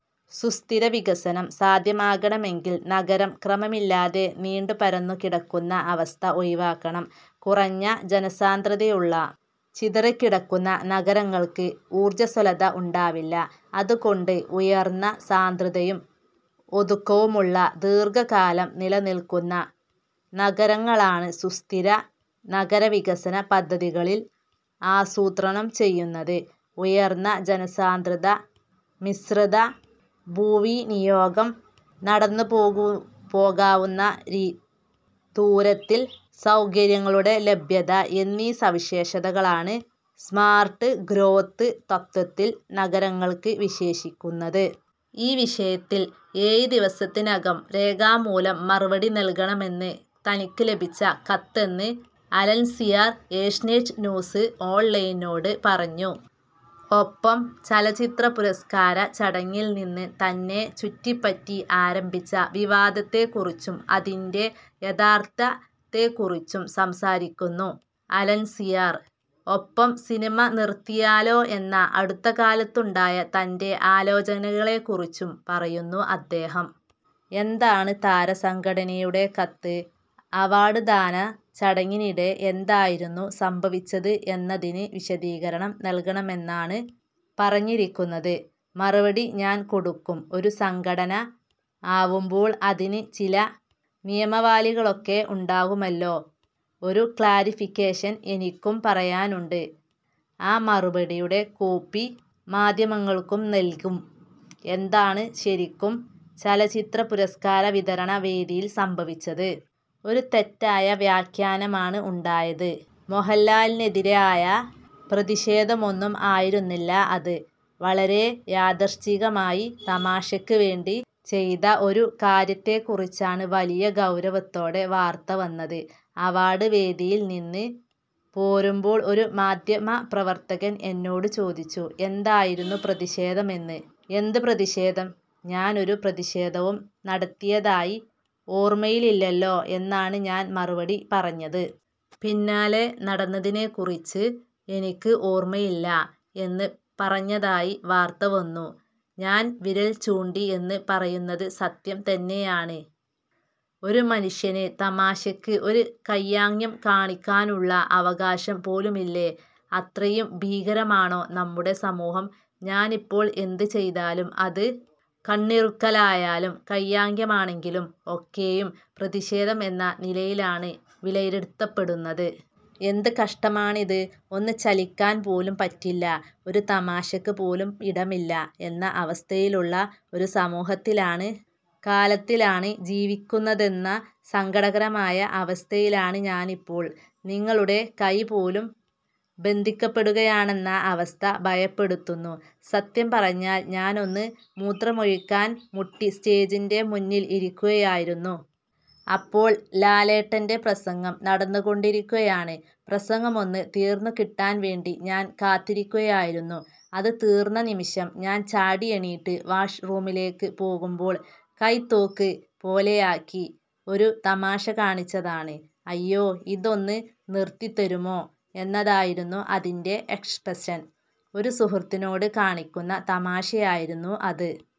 സുസ്ഥിര വികസനം സാധ്യമാകണമെങ്കിൽ നഗരം ക്രമമില്ലാതെ നീണ്ടു പരന്നു കിടക്കുന്ന അവസ്ഥ ഒഴിവാക്കണം. കുറഞ്ഞ ജനസാന്ദ്രതയുള്ള, ചിതറിക്കിടക്കുന്ന നഗരങ്ങൾക്ക് ഊർജസ്വലത ഉണ്ടാവില്ല. അതുകൊണ്ട് ഉയർന്ന സാന്ദ്രതയും ഒതുക്കവുമുള്ള, ദീർഘകാലം നിലനില്ക്കുന്ന നഗരങ്ങളാണ് സുസ്ഥിര നഗരവികസന പദ്ധതികളിൽ ആസൂത്രണം ചെയ്യുന്നത്. ഉയർന്ന ജനസാന്ദ്രത, മിശ്രിത ഭൂവിനിയോഗം, നടന്നുപോകാവുന്ന ദൂരത്തിൽ സൌകര്യങ്ങളുടെ ലഭ്യത എന്നീ സവിശേഷതകളാണ് സ്മാർട്ട് ഗ്രോത്ത് തത്ത്വത്തിൽ നഗരങ്ങൾക്ക് വിവക്ഷിക്കുന്നത്. ഈ വിഷയത്തിൽ ഏഴ് ദിവസത്തിനകം രേഖാമൂലം മറുപടി നൽകണമെന്നാണ് തനിക്ക് ലഭിച്ച കത്തെന്ന് അലൻസിയർ ഏഷ്യാനെറ്റ് ന്യൂസ് ഓൺലൈനിനോട് പറഞ്ഞു. ഒപ്പം ചലച്ചിത്ര പുരസ്കാര ചടങ്ങിൽ നിന്ന് തന്നെ ചുറ്റിപ്പറ്റി ആരംഭിച്ച വിവാദത്തെക്കുറിച്ചും അതിൻറെ യാഥാർഥ്യത്തെക്കുറിച്ചും സംസാരിക്കുന്നു അലൻസിയർ. ഒപ്പം സിനിമ നിർത്തിയാലോ എന്ന അടുത്തകാലത്തുണ്ടായ തൻറെ ആലോചനകളെക്കുറിച്ചും പറയുന്നു അദ്ദേഹം. എന്താണ് താരസംഘടനയുടെ കത്ത്? അവാർഡ്ദാന ചടങ്ങിനിടെ എന്തായിരുന്നു സംഭവിച്ചത് എന്നതിന് വിശദീകരണം നൽകണമെന്നാണ് പറഞ്ഞിരിക്കുന്നത്. മറുപടി ഞാൻ കൊടുക്കും. ഒരു സംഘടന ആവുമ്പോൾ അതിന് ചില നിയമാവലികളൊക്കെ ഉണ്ടാവുമല്ലോ. ഒരു ക്ലാരിഫിക്കേഷൻ എനിക്കും പറയാനുണ്ട്. ആ മറുപടിയുടെ കോപ്പി മാധ്യമങ്ങൾക്കും നൽകും. എന്താണ് ശരിക്കും ചലച്ചിത്ര പുരസ്കാര വിതരണ വേദിയിൽ സംഭവിച്ചത്? ഒരു തെറ്റായ വ്യാഖ്യാനമാണ് ഉണ്ടായത്. മോഹൻലാലിനെതിരായ പ്രതിഷേധമൊന്നും ആയിരുന്നില്ല അത്. വളരെ യാദൃശ്ചികമായി തമാശയ്ക്ക് വേണ്ടി ചെയ്ത ഒരു കാര്യത്തെക്കുറിച്ചാണ് വലിയ ഗൌരവത്തോടെ വാർത്ത വന്നത്. അവാർഡ് വേദിയിൽ നിന്ന് പോരുമ്പോൾ ഒരു മാധ്യമപ്രവർത്തകൻ എന്നോട് ചോദിച്ചു, എന്തായിരുന്നു പ്രതിഷേധമെന്ന്. എന്ത് പ്രതിഷേധം, ഞാനൊരു പ്രതിഷേധവും നടത്തിയതായി ഓർമ്മയില്ലല്ലോ എന്നാണ് ഞാൻ മറുപടി പറഞ്ഞത്. പിന്നാലെ, നടന്നതിനെക്കുറിച്ച് എനിക്ക് ഓർമ്മയില്ല എന്ന് പറഞ്ഞതായി വാർത്ത വന്നു. ഞാൻ വിരൽ ചൂണ്ടി എന്ന് പറയുന്നത് സത്യം തന്നെയാണ്. ഒരു മനുഷ്യന് തമാശയ്ക്ക് ഒരു കൈയാംഗ്യം കാണിക്കാനുള്ള അവകാശം പോലുമില്ലേ? അത്രയും ഭീകരമാണോ നമ്മുടെ സമൂഹം? ഞാനിപ്പോൾ എന്ത് ചെയ്താലും, അത് കണ്ണിറുക്കലായാലും കൈയാംഗ്യമാണെങ്കിലും ഒക്കെയും പ്രതീഷേധം എന്ന നിലയിലാണ് വിലയിരുത്തപ്പെടുന്നത്. എന്ത് കഷ്ടമാണിത്? ഒന്ന് ചലിക്കാൻ പോലും പറ്റില്ല, ഒരു തമാശയ്ക്ക് പോലും ഇടമില്ല എന്ന അവസ്ഥയിലുള്ള ഒരു സമൂഹത്തിലാണ്, കാലത്തിലാണ് ജീവിക്കുന്നതെന്ന സങ്കടകരമായ അവസ്ഥയിലാണ് ഞാനിപ്പോൾ. നിങ്ങളുടെ കൈ പോലും ബന്ധിക്കപ്പെടുകയാണെന്ന അവസ്ഥ ഭയപ്പെടുത്തുന്നു. സത്യം പറഞ്ഞാൽ ഞാനന്ന് മൂത്രമൊഴിക്കാൻ മുട്ടി സ്റ്റേജിൻറെ മുന്നിൽ ഇരിക്കുകയായിരുന്നു. അപ്പോൾ ലാലേട്ടൻറെ പ്രസംഗം നടന്നുകൊണ്ടിരിക്കുകയാണ്. പ്രസംഗം ഒന്ന് തീർന്നുകിട്ടാൻവേണ്ടി ഞാൻ കാത്തിരിക്കുകയായിരുന്നു. അത് തീർന്നനിമിഷം ഞാൻചാടിയെണീറ്റ് വാഷ് റൂമിലേക്ക് പോകുമ്പോൾ കൈ തോക്ക് പോലെയാക്കി ഒരു തമാശ കാണിച്ചതാണ്. ' അയ്യോ ഇതൊന്ന് നിർത്തിത്തരുമോ ' എന്നതായിരുന്നു അതിൻറെ എക്സ്പ്രഷൻ. ഒരു സുഹൃത്തിനോട് കാണിക്കുന്ന തമാശയായിരുന്നു അത്.